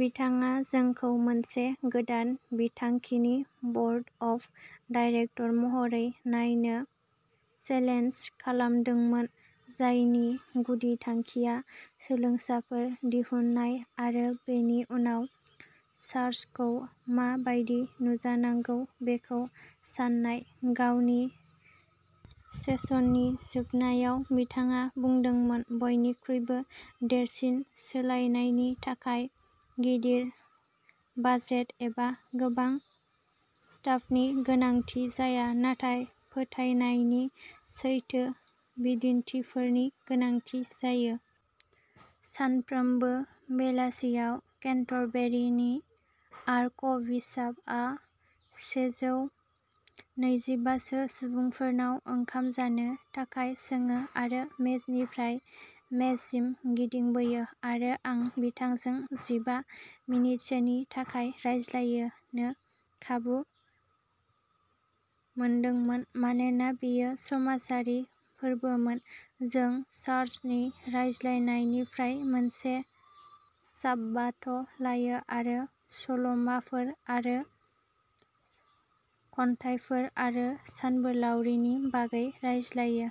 बिथाङा जोंखौ मोनसे गोदान बिथांखिनि बर्ड अफ डाइरेकटर महरै नायनो चेलेन्ज खालामदोंमोन जायनि गुदि थांखिया सोलोंसाफोर दिहुननाय आरो बेनि उनाव चार्चखौ मा बायदि नुजानांगौ बेखौ साननाय। गावनि सेसननि जोबनायाव बिथाङा बुंदोंमोन बयनिख्रुइबो देरसिन सोलायनायनि थाखाय गिदिर बाजेट एबा गोबां स्टाफनि गोनांथि जाया नाथाय फोथायनायनि सैथो बिदिन्थिफोरनि गोनांथि जायो। सानफ्रोमबो बेलासियाव केन्टरबेरिनि आर्कबिशपआ सेजौ नैजिबासो सुबुंफोरनाव ओंखाम जानो थाखाय सोङो आरो मेजनिफ्राय मेजसिम गिदिंबोयो आरो आं बिथांजों जिबा मिनिटसोनि थाखाय रायज्लायनो खाबु मोनदोंमोन। मानोना बेयो समाजारि फोरबोमोन जों चार्चनि रायज्लायनायनिफ्राय मोनसे साब्बाथ लायो आरो सल'माफोर आरो खन्थाइफोर आरो सानबोलावरिनि बागै रायज्लायो।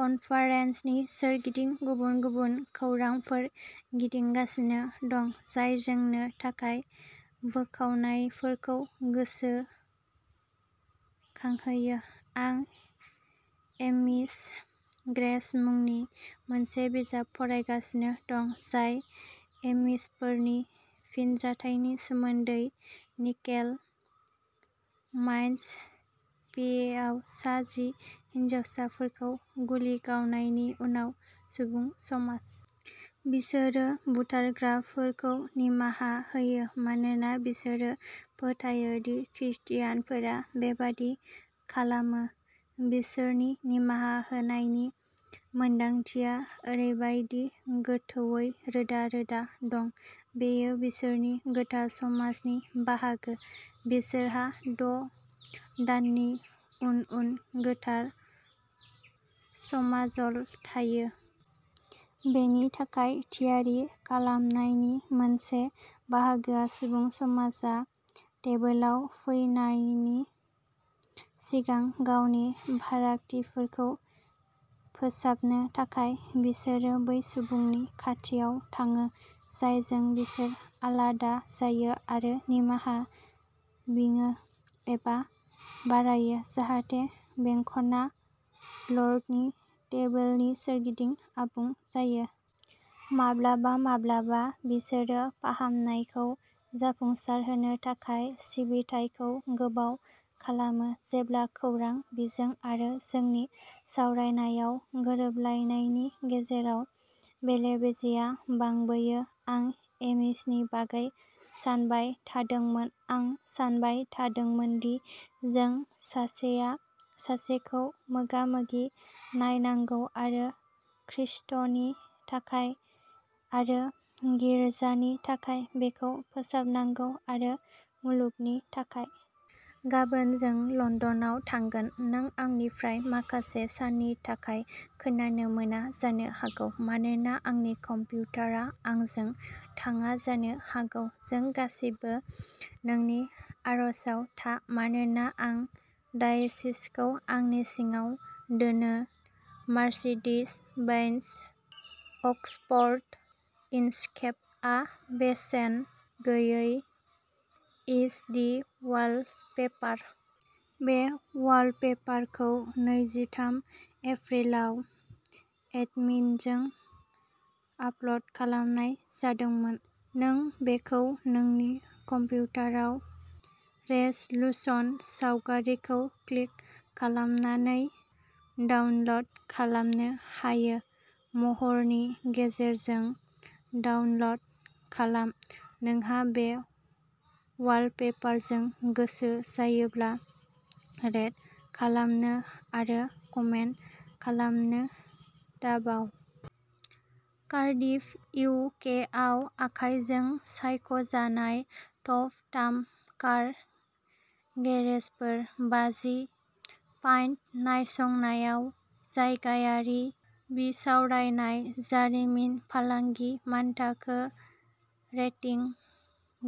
कनफारेन्सनि सोरगिदिं गुबुन गुबुन खौरांफोर गिदिंगासिनो दं, जाय जोंनो थानाय बोखावनायफोरखौ गोसोखांहोयो। आं एमिश ग्रेस मुंनि मोनसे बिजाब फरायगासिनो दं, जाय एमिशफोरनि फिनजाथायनि सोमोन्दै। निकेल माइन्स, पिएआव सा जि हिनजावसाफोरखौ गुलि गावनायनि उनाव सुबुं समाज। बिसोरो बुथारग्राफोरखौ निमाहा होयो मानोना बिसोरो फोथायो दि ख्रिस्टियानफोरा बेबादि खालामो। बिसोरनि निमाहा होनायनि मोन्दांथिया ओरैबायदि गोथौवै रोदा रोदा दं बेयो बिसोरनि गोथार समाजनि बाहागो। बिसोरहा द' दाननि उन उन गोथार समाजल' थायो। बेनि थाखाय थियारि खालामनायनि मोनसे बाहागोआ सुबुं समाजआ टेबोलाव फैनायनि सिगां गावनि फारागथिफोरखौ फोसाबनो थाखाय। बिसोरो बै सुबुंनि खाथियाव थाङो जायजों बिसोर आलादा जायो आरो निमाहा बिङो एबा बारायो जाहाथे बेंखनआ लर्डनि टेबोलनि सोरगिदिं आबुं जायो। माब्लाबा-माब्लाबा बिसोरो फाहामनायखौ जाफुंसारहोनो थाखाय सिबिथायखौ गोबाव खालामो। जेब्ला खौरां बिजों आरो जोंनि सावरायनायाव गोरोबलायनायनि गेजेराव बेले-बेजेया बांबोयो, आं एमिशनि बागै सानबाय थादोंमोन। आं सानबाय थादोंमोन दि जों सासेया सासेखौ मोगामोगि नायनांगौ आरो ख्रिस्ट’नि थाखाय आरो गिर्जानि थाखाय बेखौ फोसाबनांगौ आरो मुलुगनि थाखाय। गाबोन जों लन्दनाव थांगोन। नों आंनिफ्राय माखासे साननि थाखाय खोनानो मोना जानो हागौ मानोना आंनि कम्पिउटारा आंजों थाङा जानो हागौ। जों गासिबो नोंनि आर'जआव था, मानोना आं डायोसिसखौ आंनि सिङाव दोनो। मार्सिडिज बेन्ज अक्सफर्ड इनचकेपआ बेसेन गैयै एइच डि वालपेपर। बे वालपेपरखौ नैजिथाम एप्रिल आव एडमिनजों आपल'ड खालामनाय जादोंमोन। नों बेखौ नोंनि कम्पिउटाराव रेज'लुसन सावगारिखौ क्लिक खालामनानै डाउनल'ड खालामनो हायो। महरनि गेजेरजों डाउनल'ड खालाम नोंहा बे वालपेपरजों गोसो जायोब्ला रेट खालामनो आरो कमेन्ट खालामनो दाबाव। Cardiff, U. के. आव आखाइजों सायख'जानाय टप थाम कार गेरेजफोर। बाजि पाइन्ट नायसंनायाव जायगायारि बिसावरायनाय जारिमिन, फालांगि मानथाखो, रेटिं,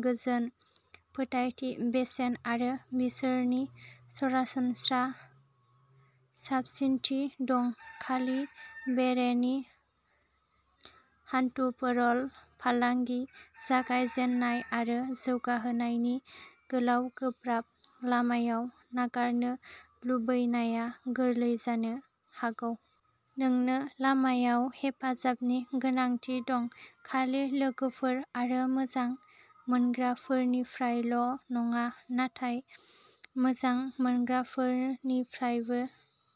गोजोन, फोथायथि, बेसेन आरो बिसोरनि सरासनस्रा साबसिनथि दं। खालि बेरेनि हान्थुफोरल '! फालांगि जागायजेननाय आरो जौगाहोनायनि गोलाव, गोब्राब लामायाव, नागारनो लुबैनाया गोरलै जानो हागौ। नोंनो लामायाव हेफाजाबनि गोनांथि दं खालि लोगोफोर आरो मोजां मोनग्राफोरनिफ्रायल'नङा नाथाय मोजां मोनग्राफोरनिफ्रायबो।